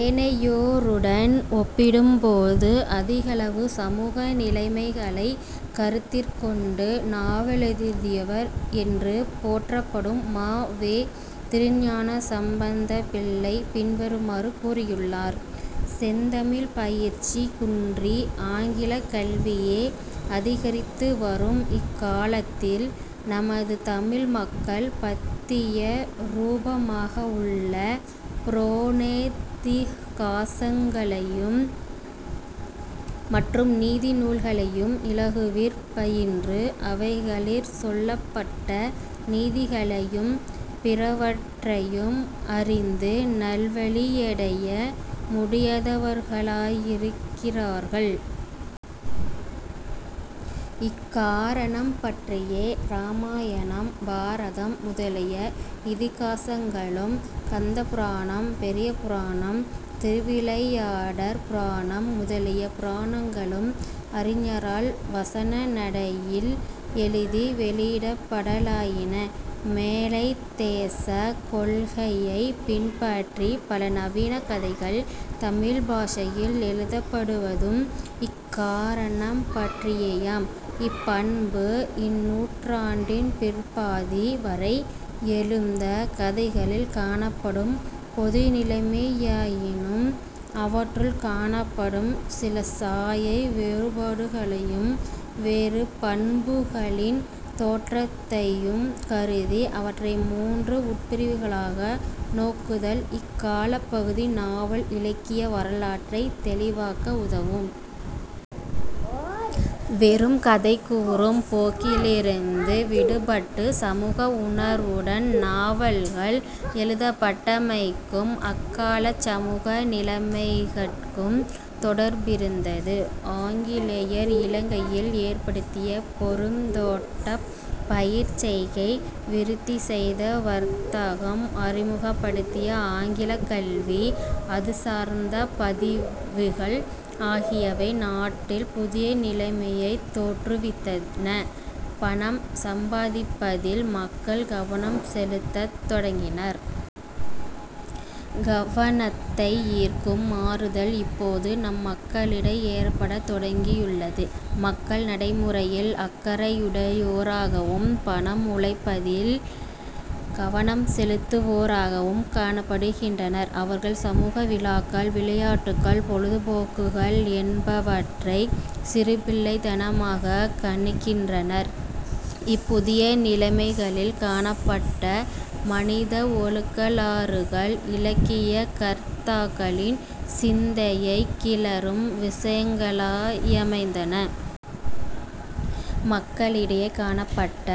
ஏனையோருடன் ஒப்பிடும்போது அதிகளவு சமூக நிலைமைகளைக் கருத்திற் கொண்டு நாவலெழுதியவர் என்று போற்றப்படும் ம. வே. திருஞானசம்பந்தபிள்ளை பின்வருமாறு கூறியுள்ளார். "செந்தமிழ்ப் பயிற்சி குன்றி ஆங்கிலக் கல்வியே அதிகரித்து வரும் இக் காலத்தில் நமது தமிழ் மக்கள் பத்திய ரூபமாகவுள்ள புராணேதிகாசங்களையும் மற்றும் நீதி நூல்களையும் இலகுவிற் பயின்று அவைகளிற் சொல்லப்பட்ட நீதிகளையும் பிறவற்றையும் அறிந்து நல்வழியடைய முடியாதவர்களாயிருக்கிறார்கள். இக் காரணம் பற்றியே இராமாயணம், பாரதம், முதலிய இதிகாசங்களும், கந்தபுராணம், பெரியபுராணம், திருவிளையாடற் புராணம் முதலிய புராணங்களும் அறிஞரால் வசன நடையில் எழுதி வௌியிடப்படலாயின. மேலைத்தேசக் கொள்கையைப் பின்பற்றிப் பல நவீன கதைகள் தமிழ்ப் பாஷையில் எழுதப்படுவதும் இக் காரணம் பற்றியேயாம். ". இப் பண்பு இந்நூற்றாண்டின் பிற்பாதி வரை எழுந்த கதைகளில் காணப்படும் பொது நிலைமையாயினும் அவற்றுள் காணப்படும் சில சாயை வேறுபாடுகளையும் வேறு பண்புகளின் தோற்றத்தையும் கருதி அவற்றை மூன்று உட்பிரிவுகளாக நோக்குதல் இக் காலப் பகுதி நாவல் இலக்கிய வரலாற்றைத் தௌிவாக்க உதவும். வெறும் கதை கூறும் போக்கிலிருந்து விடுபட்டு சமூக உணர்வுடன் நாவல்கள் எழுதப்பட்டமைக்கும் அக்காலச் சமூக நிலைமைகட்கும் தொடர்பிருந்தது. ஆங்கிலேயர் இலங்கையில் ஏற்படுத்திய பொருந்தோட்டப் பயிர்ச் செய்கை, விருத்தி செய்த வர்த்தகம், அறிமுகப்படுத்திய ஆங்கிலக் கல்வி, அதுசார்ந்த பதவிகள் ஆகியவை நாட்டில் புதிய நிலைமையைத் தோற்றுவித்தன. பணம் சம்பாதிப்பதில் மக்கள் கவனம் செலுத்தத் தொடங்கினர். "கவனத்தை ஈர்க்கும் மாறுதல் இப்போது நம் மக்களிடை ஏற்படத் தொடங்கியுள்ளது. மக்கள் நடை முறையில் அக்கறையுடையோராகவும் பணம் உழைப்பதில் கவனம் செலுத்துவோராகவும் காணப்படுகின்றனர். அவர்கள் சமூக விழாக்கள், விளையாட்டுகள், பொழுது போக்குகள் என்பவற்றைச் சிறுபிள்ளைத்தனமாகக் கணிக்கின்றனர். " இப் புதிய நிலைமைகளில் காணப்பட்ட மனித ஒழுக்கலாறுகள் இலக்கிய கர்த்தாக்களின் சிந்தையைக் கிளறும் விஷயங்களாயமைந்தன. மக்களிடையே காணப்பட்ட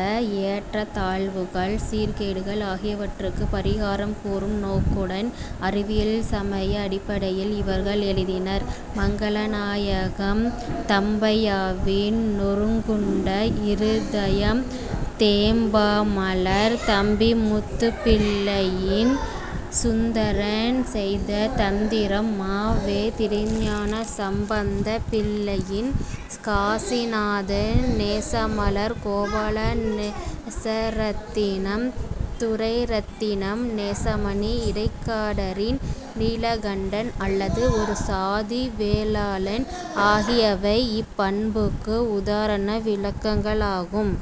ஏற்றத் தாழ்வுகள், சீர்கேடுகள் ஆகியவற்றுக்கு பாிகாரம் கூறும் நோக்குடன் அறவியல் சமய அடிப்படையில் இவர்கள் எழுதினர். மங்களநாயகம் தம்பையாவின் நொறுங்குண்ட இருதயம் தேம்பாமலர் தம்பிமுத்துப்பிள்ளையின் சுந்தரன் செய்த தந்திரம் ம. வே. திருஞானசம்பந்த பிள்ளையின் காசிநாதன் நேசமலர் கோபாலநேசரத்தினம் துரைரத்தினம் நேசமணி இடைக்காடாின் நீலகண்டன் அல்லது ஒரு சாதி வேளாளன் ஆகியவை இப் பண்புக்கு உதாரண விளக்கங்களாகும்.